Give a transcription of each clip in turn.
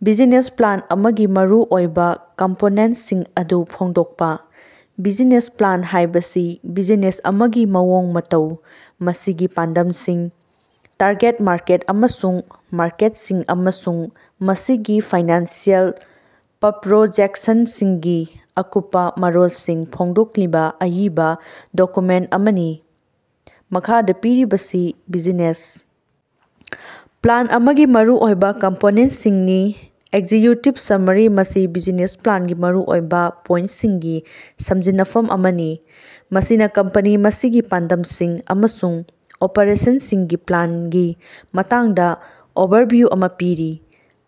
Business plan ꯑꯃꯒꯤ ꯃꯔꯨꯑꯣꯏꯕ ꯀꯝꯄꯣꯅꯦꯟꯇꯁꯤꯡ ꯑꯗꯨ ꯐꯣꯡꯗꯣꯛꯄ꯫ ꯕꯤꯖꯤꯅꯦꯁ ꯄ꯭ꯂꯥꯟ ꯍꯥꯏꯕꯁꯤ ꯕꯤꯖꯤꯅꯦꯁ ꯑꯃꯒꯤ ꯃꯑꯣꯡ ꯃꯇꯧ, ꯃꯁꯤꯒꯤ ꯄꯥꯟꯗꯝꯁꯤꯡ, ꯇꯥꯔꯒꯦꯠ ꯃꯥꯔꯀꯦꯠ ꯑꯃꯁꯨꯡ ꯃꯥꯔꯀꯦꯠꯁꯤꯡ, ꯑꯃꯁꯨꯡ ꯃꯁꯤꯒꯤ ꯐꯥꯏꯅꯥꯟꯁꯤꯑꯦꯜ ꯄ꯭ꯞꯔꯣꯖꯦꯛꯁꯟꯁꯤꯡꯒꯤ ꯑꯀꯨꯞꯄ ꯃꯔꯣꯜꯁꯤꯡ ꯐꯣꯡꯗꯣꯛꯂꯤꯕ ꯑꯏꯕ ꯗꯣꯀꯨꯃꯦꯟꯇ ꯑꯃꯅꯤ꯫ ꯃꯈꯥꯗ ꯄꯤꯔꯤꯕꯁꯤ ꯕꯤꯖꯤꯅꯦꯁ ꯄ꯭ꯂꯥꯟ ꯑꯃꯒꯤ ꯃꯔꯨꯑꯣꯏꯕ ꯀꯝꯄꯣꯅꯦꯟꯇꯁꯤꯡꯅꯤ: ꯑꯦꯛꯖꯤꯛꯌꯨꯇꯤꯚ ꯁꯝꯃꯔꯤ: ꯃꯁꯤ ꯕꯤꯖꯅꯦꯁ ꯄ꯭ꯂꯥꯟꯒꯤ ꯃꯔꯨꯑꯣꯏꯕ ꯄꯣꯏꯟꯇꯁꯤꯡꯒꯤ ꯁꯝꯖꯤꯟꯅꯐꯝ ꯑꯃꯅꯤ, ꯃꯁꯤꯅ ꯀꯝꯄꯅꯤ, ꯃꯁꯤꯒꯤ ꯄꯥꯟꯗꯝꯁꯤꯡ ꯑꯃꯁꯨꯡ ꯑꯣꯄꯔꯦꯁꯟꯁꯤꯡꯒꯤ ꯄ꯭ꯂꯥꯟꯒꯤ ꯃꯇꯥꯡꯗ ꯑꯣꯚꯔꯚꯤꯌꯨ ꯑꯃꯥ ꯄꯤꯔꯤ꯫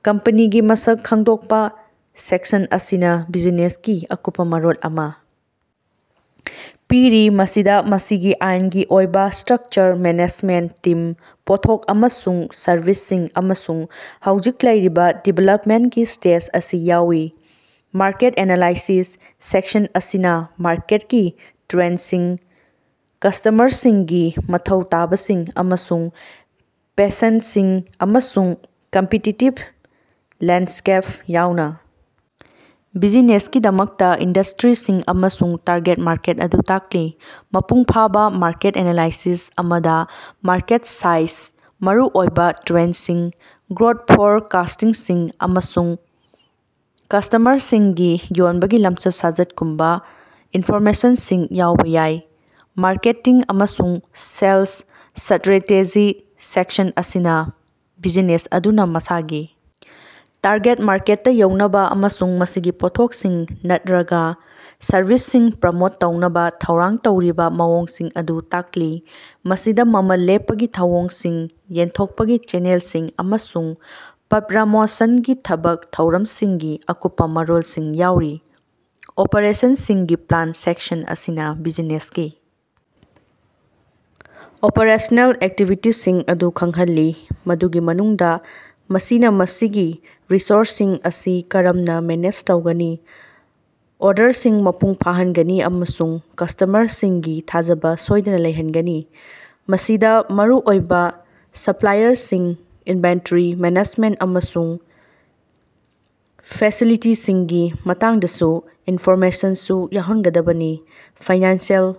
ꯀꯝꯄꯅꯤꯒꯤ ꯃꯁꯛ ꯈꯪꯗꯣꯛꯄ: ꯁꯦꯛꯁꯟ ꯑꯁꯤꯅ ꯕꯤꯖꯤꯅꯦꯁꯀꯤ ꯑꯀꯨꯞꯄ ꯃꯔꯣꯜ ꯑꯃ ꯄꯤꯔꯤ, ꯃꯁꯤꯗ ꯃꯁꯤꯒꯤ ꯑꯥꯏꯟꯒꯤ ꯑꯣꯏꯕ ꯁꯇ꯭ꯔꯛꯆꯔ, ꯃꯦꯅꯦꯖꯃꯦꯟꯇ ꯇꯤꯝ, ꯄꯣꯠꯊꯣꯛ ꯑꯃꯁꯨꯡ ꯁꯔꯚꯤꯁꯁꯤꯡ, ꯑꯃꯁꯨꯡ ꯍꯧꯖꯤꯛ ꯂꯩꯔꯤꯕ ꯗꯤꯚꯦꯂꯞꯃꯦꯟꯇꯒꯤ ꯁ꯭ꯇꯦꯖ ꯑꯁꯤ ꯌꯥꯎꯏ꯫ ꯃꯥꯔꯀꯦꯠ ꯑꯦꯅꯥꯂꯥꯏꯁꯤꯁ: ꯁꯦꯛꯁꯟ ꯑꯁꯤꯅ ꯃꯥꯔꯀꯦꯠꯀꯤ ꯇ꯭ꯔꯦꯟꯗꯁꯤꯡ, ꯀꯁ꯭ꯇꯃꯔꯁꯤꯡꯒꯤ ꯃꯊꯧ ꯇꯥꯕꯁꯤꯡ ꯑꯃꯁꯨꯡ ꯄꯦꯁꯟꯗꯁꯤꯡ, ꯑꯃꯁꯨꯡ ꯀꯝꯄꯤꯇꯤꯇꯤꯕ ꯂꯦꯟꯗꯁ꯭ꯀꯦꯞ ꯌꯥꯎꯅꯥ ꯕꯤꯖꯤꯅꯦꯁꯀꯤꯗꯃꯛꯇꯥ ꯏꯟꯗꯁꯇꯔꯤꯁꯤꯡ ꯑꯃꯁꯨꯡ ꯇꯥꯔꯒꯦꯠ ꯃꯥꯔꯀꯦꯠ ꯑꯗꯨ ꯇꯥꯛꯂꯤ꯫ ꯃꯄꯨꯡꯐꯥꯕ ꯃꯥꯔꯀꯦꯠ ꯑꯦꯅꯥꯂꯥꯏꯁꯤꯁ ꯑꯃꯗ ꯃꯥꯔꯀꯦꯠ ꯁꯥꯏꯖ, ꯃꯔꯨꯑꯣꯏꯕꯥ ꯇ꯭ꯔꯦꯟꯗꯁꯤꯡ, ꯒ꯭ꯔꯣꯊ ꯐꯣꯔꯀꯥꯁ꯭ꯇꯁꯤꯡ ꯑꯃꯁꯨꯡ ꯀꯁ꯭ꯇꯃꯔꯁꯤꯡꯒꯤ ꯌꯣꯟꯕꯒꯤ ꯂꯝꯆꯠ-ꯁꯥꯖꯠꯀꯨꯝꯕꯥ ꯏꯟꯐꯣꯔꯃꯦꯁꯟꯁꯤꯡ ꯌꯥꯎꯕ ꯌꯥꯏ꯫ ꯃꯥꯔꯀꯦꯇꯤꯡ ꯑꯃꯁꯨꯡ ꯁꯦꯜꯁ ꯁ꯭ꯠꯔꯦꯇꯦꯖꯤ: ꯁꯦꯛꯁꯟ ꯑꯁꯤꯅꯥ ꯕꯤꯖꯤꯅꯦꯁ ꯑꯗꯨꯅꯥ ꯃꯁꯥꯒꯤ ꯇꯥꯔꯒꯦꯠ ꯃꯥꯔꯀꯦꯠꯇꯥ ꯌꯧꯅꯕꯥ ꯑꯃꯁꯨꯡ ꯃꯁꯤꯒꯤ ꯄꯣꯠꯊꯣꯛꯁꯤꯡ ꯅꯠꯔꯒꯥ ꯁꯔꯚꯤꯁꯁꯤꯡ ꯄ꯭ꯔꯃꯣꯠ ꯇꯧꯅꯕꯥ ꯊꯧꯔꯥꯡ ꯇꯧꯔꯤꯕꯥ ꯃꯑꯣꯡꯁꯤꯡ ꯑꯗꯨ ꯇꯥꯛꯂꯤ꯫ ꯃꯁꯤꯗꯥ ꯃꯃꯜ ꯂꯦꯞꯄꯒꯤ ꯊꯧꯑꯣꯡꯁꯤꯡ, ꯌꯦꯟꯊꯣꯛꯄꯒꯤ ꯆꯦꯅꯦꯜꯁꯤꯡ ꯑꯃꯁꯨꯡ ꯄ꯭ꯞꯔꯃꯣꯁꯟꯒꯤ ꯊꯕꯛ ꯊꯧꯔꯝꯁꯤꯡꯒꯤ ꯑꯀꯨꯞꯄꯥ ꯃꯔꯣꯜꯁꯤꯡ ꯌꯥꯎꯔꯤ꯫ ꯑꯣꯄꯔꯦꯁꯟꯁꯤꯡꯒꯤ ꯄ꯭ꯂꯥꯟ: ꯁꯦꯛꯁꯟ ꯑꯁꯤꯅ ꯕꯤꯖꯤꯅꯦꯁꯀꯤ ꯑꯣꯄꯔꯦꯁꯅꯦꯜ ꯑꯦꯛꯇꯤꯚꯤꯇꯤꯁꯤꯡ ꯑꯗꯨ ꯈꯪꯍꯜꯂꯤ, ꯃꯗꯨꯒꯤ ꯃꯅꯨꯡꯗꯥ ꯃꯁꯤꯅꯥ ꯃꯁꯤꯒꯤ ꯔꯤꯁꯣꯔꯁꯁꯤꯡ ꯑꯁꯤ ꯀꯔꯝꯅꯥ ꯃꯦꯅꯦꯖ ꯇꯧꯒꯅꯤ, ꯑꯣꯔꯗꯔꯁꯤꯡ ꯃꯄꯨꯡ ꯐꯥꯍꯟꯒꯅꯤ ꯑꯃꯁꯨꯡ ꯀꯁ꯭ꯇꯃꯔꯁꯤꯡꯒꯤ ꯊꯥꯖꯕꯥ ꯁꯣꯏꯗꯅꯥ ꯂꯩꯍꯟꯒꯅꯤ ꯫ ꯃꯁꯤꯗꯥ ꯃꯔꯨꯑꯣꯏꯕꯥ ꯁꯞꯂꯥꯏꯌꯔꯁꯤꯡ, ꯏꯟꯚꯦꯟꯇꯔꯤ ꯃꯦꯅꯦꯖꯃꯦꯟꯇ ꯑꯃꯁꯨꯡ ꯐꯦꯁꯤꯂꯤꯇꯤꯁꯤꯡꯒꯤ ꯃꯇꯥꯡꯗꯁꯨ ꯏꯟꯐꯣꯔꯃꯦꯁꯟꯁꯨ ꯌꯥꯎꯍꯟꯒꯗꯕꯅꯤ꯫ ꯐꯥꯏꯅꯥꯟꯁꯤꯑꯦꯜ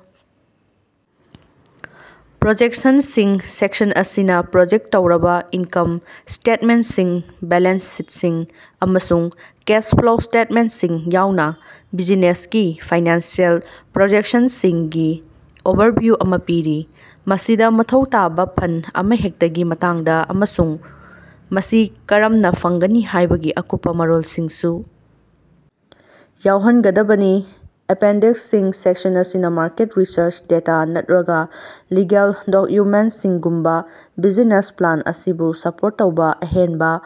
ꯄ꯭ꯞꯔꯣꯖꯦꯛꯁꯟꯗꯁꯤꯡ: ꯁꯦꯛꯁꯟ ꯑꯁꯤꯅꯥ ꯄ꯭ꯞꯔꯣꯖꯦꯛ ꯇꯧꯔꯕꯥ ꯏꯟꯀꯝ ꯁ꯭ꯇꯦꯠꯃꯦꯟꯇꯁꯤꯡ, ꯕꯦꯂꯦꯟꯁ ꯁꯤꯠꯁꯤꯡ, ꯑꯃꯁꯨꯡ ꯀꯦꯁ ꯐ꯭ꯂꯣ ꯁ꯭ꯇꯦꯠꯃꯦꯟꯇꯁꯤꯡ ꯌꯥꯎꯅꯥ ꯕꯤꯖꯤꯅꯦꯁꯀꯤ ꯐꯥꯏꯅꯥꯟꯁꯤꯑꯦꯜ ꯄ꯭ꯞꯔꯣꯖꯦꯛꯁꯟꯁꯤꯡꯒꯤ ꯑꯣꯚꯔꯚꯤꯌꯨ ꯑꯃꯥ ꯄꯤꯔꯤ꯫ ꯃꯁꯤꯗꯥ ꯃꯊꯧ ꯇꯥꯕꯥ ꯐꯟꯗ ꯑꯃꯍꯦꯛꯇꯒꯤ ꯃꯇꯥꯡꯗꯥ ꯑꯃꯁꯨꯡ ꯃꯁꯤ ꯀꯔꯝꯅꯥ ꯐꯪꯒꯅꯤ ꯍꯥꯏꯕꯒꯤ ꯑꯀꯨꯞꯄꯥ ꯃꯔꯣꯜꯁꯤꯡꯁꯨ ꯌꯥꯎꯍꯟꯒꯗꯕꯅꯤ꯫ ꯑꯦꯄꯦꯟꯗꯤꯛꯁꯁꯤꯡ: ꯁꯦꯛꯁꯟ ꯑꯁꯤꯅꯥ ꯃꯥꯔꯀꯦꯠ ꯔꯤꯁꯔꯆ ꯗꯦꯇꯥ ꯅꯠꯠꯔꯒꯥ ꯂꯤꯒꯦꯜ ꯗꯣꯛꯌꯨꯃꯦꯟꯇꯁꯤꯡꯒꯨꯝꯕꯥ ꯕꯤꯖꯤꯅꯦꯁ ꯄ꯭ꯂꯥꯟ ꯑꯁꯤꯕꯨ ꯁꯄꯣꯔꯠ ꯇꯧꯕꯥ ꯑꯍꯦꯟꯕꯥ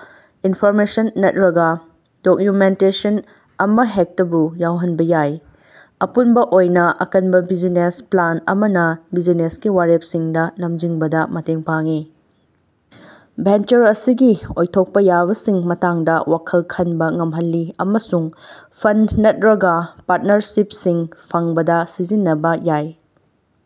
ꯏꯟꯐꯣꯔꯃꯦꯁꯟ ꯅꯠꯠꯔꯒꯥ ꯗꯣꯛꯌꯨꯃꯦꯟꯇꯦꯁꯟ ꯑꯃꯍꯦꯛꯇꯕꯨ ꯌꯥꯎꯍꯟꯕꯥ ꯌꯥꯏ꯫ ꯑꯄꯨꯟꯕꯥ ꯑꯣꯏꯅꯥ, ꯑꯀꯟꯕꯥ ꯕꯤꯖꯤꯅꯦꯁ ꯄ꯭ꯂꯥꯟ ꯑꯃꯅꯥ ꯕꯤꯖꯤꯅꯦꯁꯀꯤ ꯋꯥꯔꯦꯞꯁꯤꯡꯗꯥ ꯂꯝꯖꯤꯡꯕꯗꯥ ꯃꯇꯦꯡ ꯄꯥꯡꯏ, ꯚꯦꯟꯆꯔ ꯑꯁꯤꯒꯤ ꯑꯣꯏꯊꯣꯛꯄꯥ ꯌꯥꯕꯁꯤꯡꯒꯤ ꯃꯇꯥꯡꯗꯥ ꯋꯥꯈꯜ ꯈꯟꯕꯥ ꯉꯝꯍꯜꯂꯤ ꯑꯃꯁꯨꯡ ꯐꯟꯗ ꯅꯠꯠꯔꯒꯥ ꯄꯥꯔꯇꯅꯔꯁꯤꯞꯁꯤꯡ ꯐꯪꯕꯗꯥ ꯁꯤꯖꯤꯟꯅꯕꯥ ꯌꯥꯏ꯫